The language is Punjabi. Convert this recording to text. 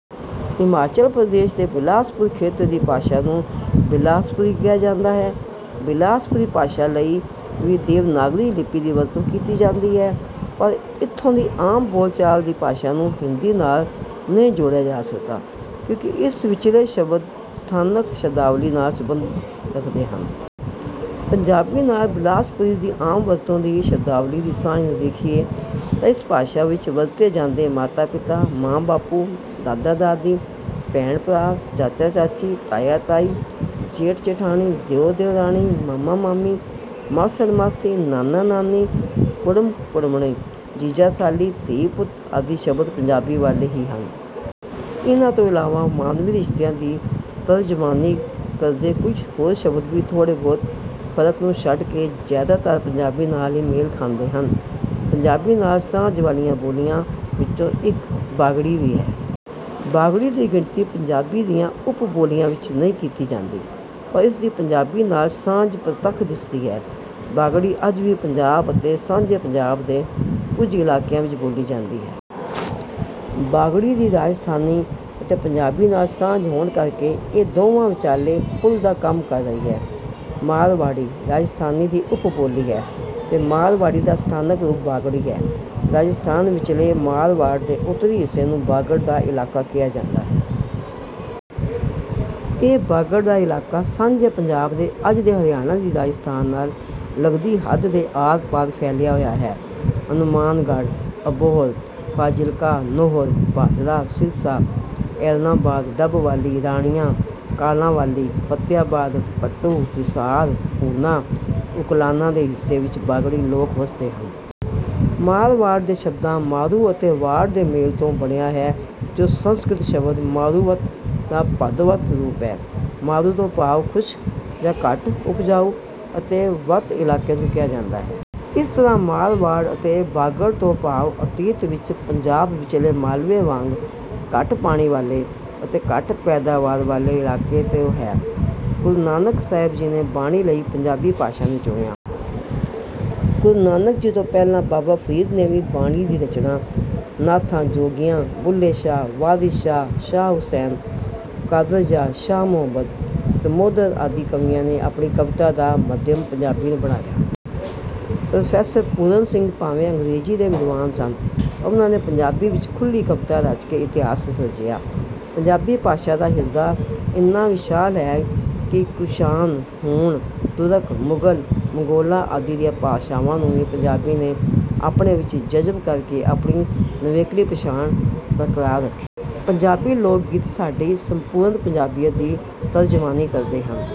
ਹਿਮਾਚਲ ਪ੍ਰਦੇਸ਼ ਦੇ ਬਿਲਾਸਪੁਰ ਖੇਤਰ ਦੀ ਭਾਸ਼ਾ ਨੂੰ ਬਿਲਾਸਪੁਰੀ ਕਿਹਾ ਜਾਂਦਾ ਹੈ। ਬਿਲਾਸਪੁਰੀ ਭਾਸ਼ਾ ਲਈ ਵੀ ਦੇਵਨਾਗਰੀ ਲਿਪੀ ਦੀ ਵਰਤੋਂ ਕੀਤੀ ਜਾਂਦੀ ਹੈ ਪਰ ਇੱਥੋਂ ਦੀ ਆਮ ਬੋਲਚਾਲ ਦੀ ਭਾਸ਼ਾ ਨੂੰ ਹਿੰਦੀ ਨਾਲ਼ ਨਹੀਂ ਜੋੜਿਆ ਜਾ ਸਕਦਾ ਕਿਉਂਕਿ ਇਸ ਵਿਚਲੇ ਸ਼ਬਦ ਸਥਾਨਕ ਸ਼ਬਦਾਵਲੀ ਨਾਲ਼ ਸੰਬੰਧ ਰੱਖਦੇ ਹਨ। ਪੰਜਾਬੀ ਨਾਲ਼ ਬਿਲਾਸਪੁਰੀ ਦੀ ਆਮ ਵਰਤੋਂ ਦੀ ਸ਼ਬਦਾਵਲੀ ਦੀ ਸਾਂਝ ਨੂੰ ਦੇਖੀਏ ਤਾਂ ਇਸ ਭਾਸ਼ਾ ਵਿੱਚ ਵਰਤੇ ਜਾਂਦੇ ਮਾਤਾ-ਪਿਤਾ, ਮਾਂ-ਬਾਪੂ, ਦਾਦਾ-ਦਾਦੀ, ਭੈਣ-ਭਰਾ, ਚਾਚਾ-ਚਾਚੀ, ਤਾਇਆ-ਤਾਈ, ਜੇਠ-ਜੇਠਾਣੀ, ਦਿਓਰ-ਦਿਓਰਾਣੀ, ਮਾਮਾ-ਮਾਮੀ, ਮਾਸੜ-ਮਾਸੀ, ਨਾਨਾ -ਨਾਨੀ, ਕੁੜਮ-ਕੁੜਮਣੀ, ਜੀਜਾ-ਸਾਲੀ, ਧੀ-ਪੁੱਤ ਆਦਿ ਸ਼ਬਦ ਪੰਜਾਬੀ ਵਾਲ਼ੇ ਹੀ ਹਨ। ਇਨ੍ਹਾਂ ਤੋਂ ਇਲਾਵਾ ਮਾਨਵੀ ਰਿਸ਼ਤਿਆਂ ਦੀ ਤਰਜਮਾਨੀ ਕਰਦੇ ਕੁਝ ਹੋਰ ਸ਼ਬਦ ਵੀ ਥੋੜ੍ਹੇ-ਬਹੁਤੇ ਫ਼ਰਕ ਨੂੰ ਛੱਡ ਕੇ ਜ਼ਿਆਦਾਤਰ ਪੰਜਾਬੀ ਨਾਲ਼ ਹੀ ਮੇਲ ਖਾਂਦੇ ਹਨ। ਪੰਜਾਬੀ ਨਾਲ਼ ਸਾਂਝ ਵਾਲ਼ੀਆਂ ਬੋਲੀਆਂ ਵਿੱਚੋਂ ਇੱਕ 'ਬਾਗੜੀ' ਵੀ ਹੈ। ਬਾਗੜੀ ਦੀ ਗਿਣਤੀ ਪੰਜਾਬੀ ਦੀਆਂ ਉੱਪ-ਬੋਲੀਆਂ ਵਿੱਚ ਨਹੀਂ ਕੀਤੀ ਜਾਂਦੀ ਪਰ ਇਸ ਦੀ ਪੰਜਾਬੀ ਨਾਲ਼ ਸਾਂਝ ਪ੍ਰਤੱਖ ਦਿਸਦੀ ਹੈ। ਬਾਗੜੀ ਅੱਜ ਵੀ ਪੰਜਾਬ ਅਤੇ ਸਾਂਝੇ ਪੰਜਾਬ ਦੇ ਕੁਝ ਇਲਾਕਿਆਂ ਵਿੱਚ ਬੋਲੀ ਜਾਂਦੀ ਹੈ। ਬਾਗੜੀ ਦੀ ਰਾਜਸਥਾਨੀ ਅਤੇ ਪੰਜਾਬੀ ਨਾਲ਼ ਸਾਂਝ ਹੋਣ ਕਰਕੇ ਇਹ ਦੋਵਾਂ ਵਿਚਾਲੇ ਪੁਲ਼ ਦਾ ਕੰਮ ਕਰ ਰਹੀ ਹੈ। ਮਾਰਵਾੜੀ, ਰਾਜਸਥਾਨੀ ਦੀ ਉੱਪ-ਬੋਲੀ ਹੈ ਤੇ ਮਾਰਵਾੜੀ ਦਾ ਸਥਾਨਕ ਰੂਪ ਬਾਗੜੀ ਹੈ। ਰਾਜਸਥਾਨ ਵਿਚਲੇ ਮਾਰਵਾੜ ਦੇ ਉੱਤਰੀ ਹਿੱਸੇ ਨੂੰ ਬਾਗੜ ਦਾ ਇਲਾਕਾ ਕਿਹਾ ਜਾਂਦਾ ਹੈ। ਇਹ ਬਾਗੜ ਦਾ ਇਲਾਕਾ ਸਾਂਝੇ ਪੰਜਾਬ ਤੇ ਅੱਜ ਦੇ ਹਰਿਆਣਾ ਦੀ ਰਾਜਸਥਾਨ ਨਾਲ਼ ਲੱਗਦੀ ਹੱਦ ਦੇ ਆਰ-ਪਾਰ ਫੈਲਿਆ ਹੋਇਆ ਹੈ। ਹਨੂਮਾਨਗੜ੍ਹ, ਅਬਹੋਰ, ਫ਼ਾਜ਼ਿਲਕਾ, ਨੌਹਰ, ਭਾਦਰਾ, ਸਿਰਸਾ, ਐਲਨਾਬਾਦ, ਡੱਬਵਾਲੀ, ਰਾਣੀਆਂ, ਕਾਲਾਂਵਾਲੀ, ਫ਼ਤਿਆਬਾਦ, ਭੱਟੂ, ਹਿਸਾਰ, ਭੂਨਾ, ਉਕਲਾਨਾ ਦੇ ਹਿੱਸੇ ਵਿੱਚ ਬਾਗੜੀ ਲੋਕ ਵਸਦੇ ਹਨ। 'ਮਾਰਵਾੜ' ਦੋ ਸ਼ਬਦਾਂ ਮਾਰੂ ਅਤੇ ਵਾੜ ਦੇ ਮੇਲ ਤੋਂ ਬਣਿਆ ਹੈ ਜੋ ਸੰਸਕ੍ਰਿਤ ਸ਼ਬਦ 'ਮਾਰੂਵਤ' ਦਾ ਤਦਭਵ ਰੂਪ ਹੈ। 'ਮਾਰੂ' ਤੋਂ ਭਾਵ ਖੁਸ਼ਕ ਜਾਂ ਘੱਟ ਉਪਜਾਊ ਅਤੇ 'ਵਤ' ਇਲਾਕੇ ਨੂੰ ਕਿਹਾ ਜਾਂਦਾ ਹੈ। ਇਸ ਤਰ੍ਹਾਂ ਮਾਰਵਾੜ ਅਤੇ ਬਾਗੜ ਤੋਂ ਭਾਵ ਅਤੀਤ ਵਿੱਚ ਪੰਜਾਬ ਵਿਚਲੇ ਮਾਲਵੇ ਵਾਂਗ ਘੱਟ ਪਾਣੀ ਵਾਲ਼ੇ ਅਤੇ ਘੱਟ ਪੈਦਾਵਾਰ ਵਾਲ਼ੇ ਇਲਾਕੇ ਤੋਂ ਹੈ। ਗੂਰੂ ਨਾਨਕ ਸਾਹਿਬ ਜੀ ਨੇ ਬਾਣੀ ਲਈ ਪੰਜਾਬੀ ਭਾਸ਼ਾ ਨੂੰ ਚੁਣਿਆ। ਗੁਰੂ ਨਾਨਕ ਜੀ ਤੋਂ ਪਹਿਲਾਂ ਬਾਬਾ ਫ਼ਰੀਦ ਨੇ ਵੀ ਬਾਣੀ ਦੀ ਰਚਨਾ, ਨਾਥਾਂ, ਜੋਗੀਆਂ, ਬੁੱਲ੍ਹੇ ਸ਼ਾਹ, ਵਾਰਿਸ ਸ਼ਾਹ, ਸ਼ਾਹ ਹੁਸੈਨ, ਕ਼ਾਦਰਯਾਰ, ਸ਼ਾਹ ਮੁਹੰਮਦ, ਦਮੋਦਰ ਆਦਿ ਕਵੀਆਂ ਨੇ ਆਪਣੀ ਕਵਿਤਾ ਦਾ ਮਾਧਿਅਮ ਪੰਜਾਬੀ ਨੂੰ ਬਣਾਇਆ। ਪ੍ਰੋ. ਪੂਰਨ ਸਿੰਘ ਭਾਵੇਂ ਅੰਗਰੇਜ਼ੀ ਦੇ ਵਿਦਵਾਨ ਸਨ ਪਰ ਉਨ੍ਹਾਂ ਨੇ ਪੰਜਾਬੀ ਵਿੱਚ ਖੁੱਲ੍ਹੀ ਕਵਿਤਾ ਰਚ ਕੇ ਇਤਿਹਾਸ ਸਿਰਜਿਆ। ਪੰਜਾਬੀ ਭਾਸ਼ਾ ਦਾ ਹਿਰਦਾ ਇੰਨਾ ਵਿਸ਼ਾਲ ਹੈ ਕਿ ਕੁਸ਼ਾਨ, ਹੂਣ, ਤੁਰਕ, ਮੁਗ਼ਲ, ਮੰਗੋਲਾਂ ਆਦਿ ਦੀਆਂ ਭਾਸ਼ਾਵਾਂ ਨੂੰ ਵੀ ਪੰਜਾਬੀ ਨੇ ਆਪਣੇ ਵਿੱਚ ਜਜ਼ਬ ਕਰ ਕੇ ਆਪਣੀ ਨਿਵੇਕਲੀ ਪਛਾਣ ਬਰਕਰਾਰ ਰੱਖੀ। ਪੰਜਾਬੀ ਲੋਕ ਗੀਤ ਸਾਡੀ ਸੰਪੂਰਨ ਪੰਜਾਬੀਅਤ ਦੀ ਤਰਜਮਾਨੀ ਕਰਦੇ ਹਨ।